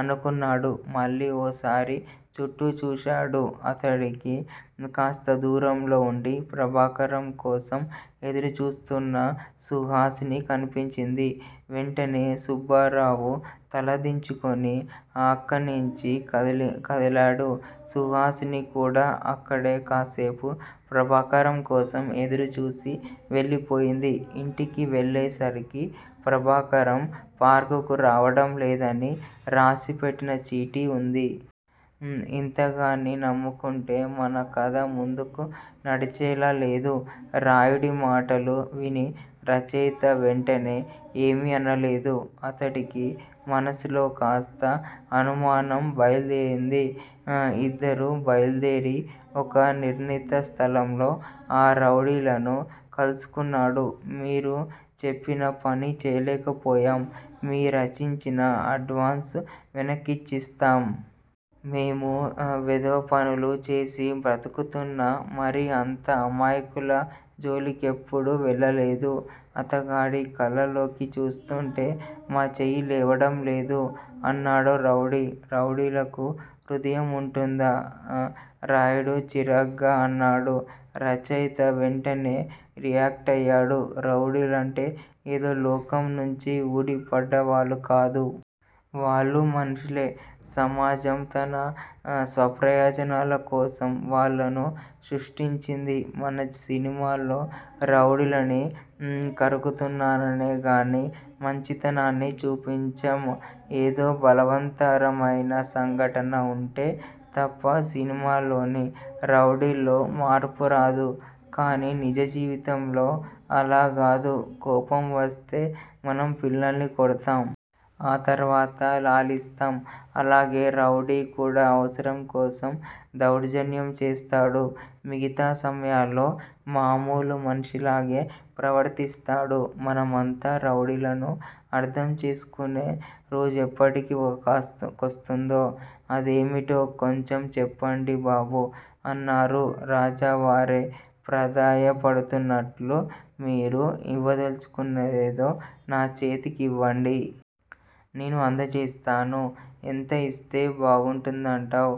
అనుకున్నాడు. మళ్ళీ ఓసారి చుట్టూ చూశాడు. అతడికి కాస్త దూరంలో ఉండి ప్రభాకరం కోసం ఎదురు చూస్తున్న సుహాసిని కనిపించింది. వెంటనే సుబ్బారావు తల దించుకుని అక్కణ్ణించి కదిలాడు. సుహాసిని కూడా అక్కడే కాసేపు ప్రభాకరం కోసం ఎదురు చూసి వెళ్ళిపోయింది. ఇంటికి వెళ్ళేసరికి ప్రభాకరం పార్కుకు రావడం లేదని రాసిపెట్టిన చీటీ ఉంది. ఇంతగాన్ని నమ్ముకుంటే మన కథ ముందుకు నడిచేలా లేదు. రాయుడి మాటలు విని రచయిత వెంటనే ఏమీ అనలేదు. అతడికీ మనసులో కాస్త అనుమానం బయల్దేరింది. ఇద్దరూ బయల్దేరి ఒక నిర్ణీత స్థలంలో ఆ రౌడీలను కలుసుకున్నాడు. మీరు చెప్పిన పని చేయలేకపోయాం! మీ రచిచ్చిన అడ్వాన్సు వెనక్కిచ్చేస్తాం. మేము వెధవపనులు చేసి బ్రతుకుతున్నా మరీ అంత అమాయకుల జోలికెప్పుడూ వెళ్ళలేదు. అతగాడి కళ్ళలోకి చూస్తూంటే మా చెయ్యి లేవడం లేదు అన్నాడో రౌడీ. రౌడీలకు హృదయముంటుందా? రాయుడు చిరాగ్గా అన్నాడు. రచయిత వెంటనే రియాక్టయ్యాడు రౌడీలంటే ఏదో లోకం నుంచి ఊడి పడ్డవాళ్ళు కాదు. వాళ్ళూ మనుషులే! సమాజం తన స్వప్రయోజనాల కోసం వాళ్ళను సృష్టించింది. మనం సినిమాల్లో రౌడీలోని కరుకుతనాన్నే గానీ మంచితనాన్ని చూపించం. ఏదో బలవంత్తరమైన సంఘటన ఉంటే తప్ప సినిమాల్లోని రౌడీల్లో మార్పు రాదు. కానీ నిజ జీవితంలో అలా గాదు. కోపం వస్తే మనం పిల్లల్ని కొడతాం. ఆ తర్వాత లాలిస్తాం. అలాగే రౌడీ కూడా అవసరం కోసం దౌర్జన్యం చేస్తాడు. మిగతా సమయాల్లో మామూలు మనిషిలాగే ప్రవర్తిస్తాడు. మనమంతా రౌడీలను అర్ధం చేసుకునే రోజెప్పటి కొస్తుందో! అదేమిటో కొంచెం చెప్పండి బాబూ! అన్నారు రాజావారే ప్రాధేయ పడుతున్నట్లు. మీరు ఇవ్వదలచుకున్నదేదో నాచేతి కివ్వండి. నేను అందచేస్తాను. ఎంత ఇస్తే బాగుంటుందంటావు?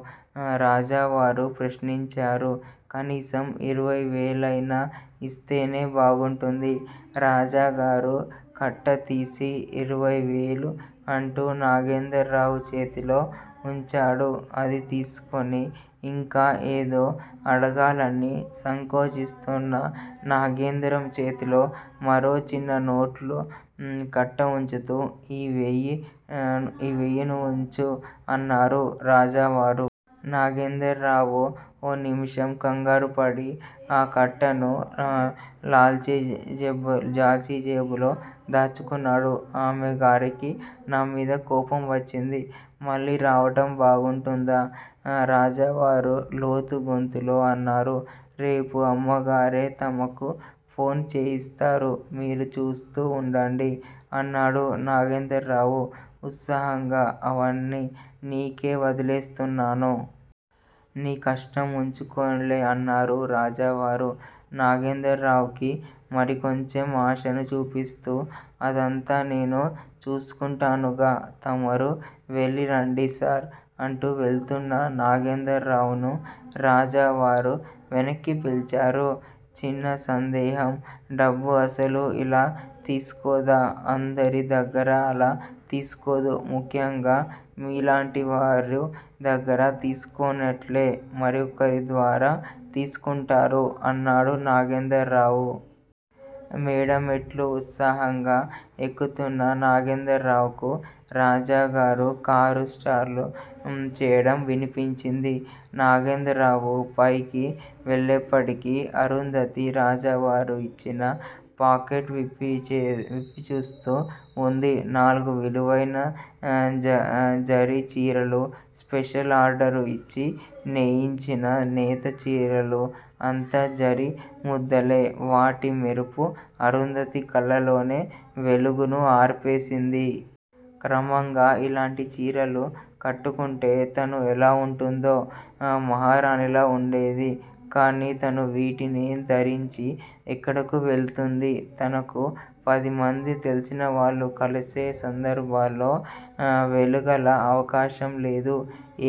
రాజావారు, ప్రశ్నించారు. కనీసం ఇరవై వేలయినా ఇస్తేనే బాగుంటుంది. రాజాగారు కట్ట తీసి, ఇరవైవేలు అంటూ నాగేంద్రరావు చేతిలో ఉంచాడు. అది తీసుకుని ఇంకా ఏదో అడగాలని సంకోచిస్తున్న నాగేంద్రం చేతిలో మరో చిన్న నోట్ల కట్ట ఉంచుతూ, ఈ వెయ్యీ నువ్వుంచు అన్నారు రాజావారు. నాగేంద్రరావు ఓ నిముషం కంగారుపడి, ఆ కట్టను లాల్చీజేబులో దాచుకున్నాడు. ఆమె గారికి నామీద కోపం వచ్చింది. మళ్ళీ రావటం బాగుంటుందా? రాజావారు లోతు గొంతులో అన్నారు. రేపు అమ్మగారే తమకు ఫోను చేయిస్తారు. మీరు చూస్తూ ఉండండి అన్నాడు నాగేంద్రరావు ఉత్సాహంగా. అవన్నీ నీకే వదిలేస్తున్నాను. నీ కష్టం ఉంచుకోనులే అన్నారు రాజావారు, నాగేంద్రరావుకి మరికొంచెం ఆశను చూపిస్తూ. అదంతా నేను చూసుకుంటానుగా? తమరు వెళ్ళిరండి సార్! అంటూ వెళుతున్న నాగేంద్రరావును రాజావారు వెనక్కి పిలిచారు. చిన్న సందేహం! డబ్బు అసలు ఇలా తీసుకోదా? అందరి దగ్గరా అలా తీసుకోదు, ముఖ్యంగా మీలాంటివారు దగ్గర తీసుకోనట్లే మరొకరి ద్వారా తీసుకొంటారు అన్నాడు నాగేంద్రరావు. మేడ మెట్లు ఉత్సాహంగా ఎక్కుతున్న నాగేంద్రరావుకు రాజాగారు కారు స్టార్టు చెయ్యడం వినిపించింది. నాగేంద్రరావు పైకి వెళ్ళేప్పటికి అరుంధతి రాజావారు ఇచ్చిన పాకెట్ విప్పిచూస్తూ వుంది. నాలుగు విలువైన జరీ చీరలు, స్పెషల్ ఆర్డరు ఇచ్చి నేయించిన నేత చీరలు, అంత జరీ ముద్దలే. వాటి మెరుపు అరుంధతి కళ్ళల్లోనే వెలుగును ఆర్పేసింది. క్రమంగా ఇలాంటి చీరలు కట్టుకుంటే తను ఎలా ఉంటుందో! మహారాణిలా ఉండేది! కాని తను వీటిని ధరించి ఎక్కడకు వెళుతుంది? తనకు పదిమందీ తెలిసినవాళ్ళు కలిసే సందర్భాల్లో వెళ్ళగల అవకాశం లేదు.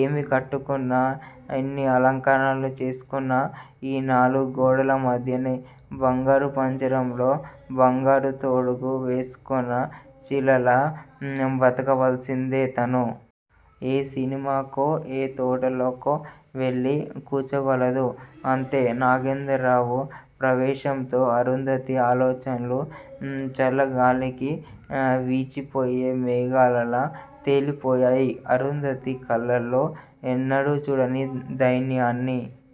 ఏమి కట్టుకున్నా, ఎన్ని అలంకరణలు చేసుకున్నా ఈ నాలుగు గోడల మధ్యనే. బంగరు పంజరంలో బంగరు తొడుగు వేసుకొన్న చిలకలా బతకవలసిందే తను. ఏ సినిమాకో, ఏ తోటలోకో వెళ్ళి కూచోగలదు. అంతే. నాగేంద్రరావు ప్రవేశంతో అరుంధతి ఆలోచనలు చల్లగాలికి విచ్చిపోయే మేఘాలలా తేలిపోయాయి. అరుంధతి కళ్ళలో ఎన్నడూ చూడని దైన్యాన్ని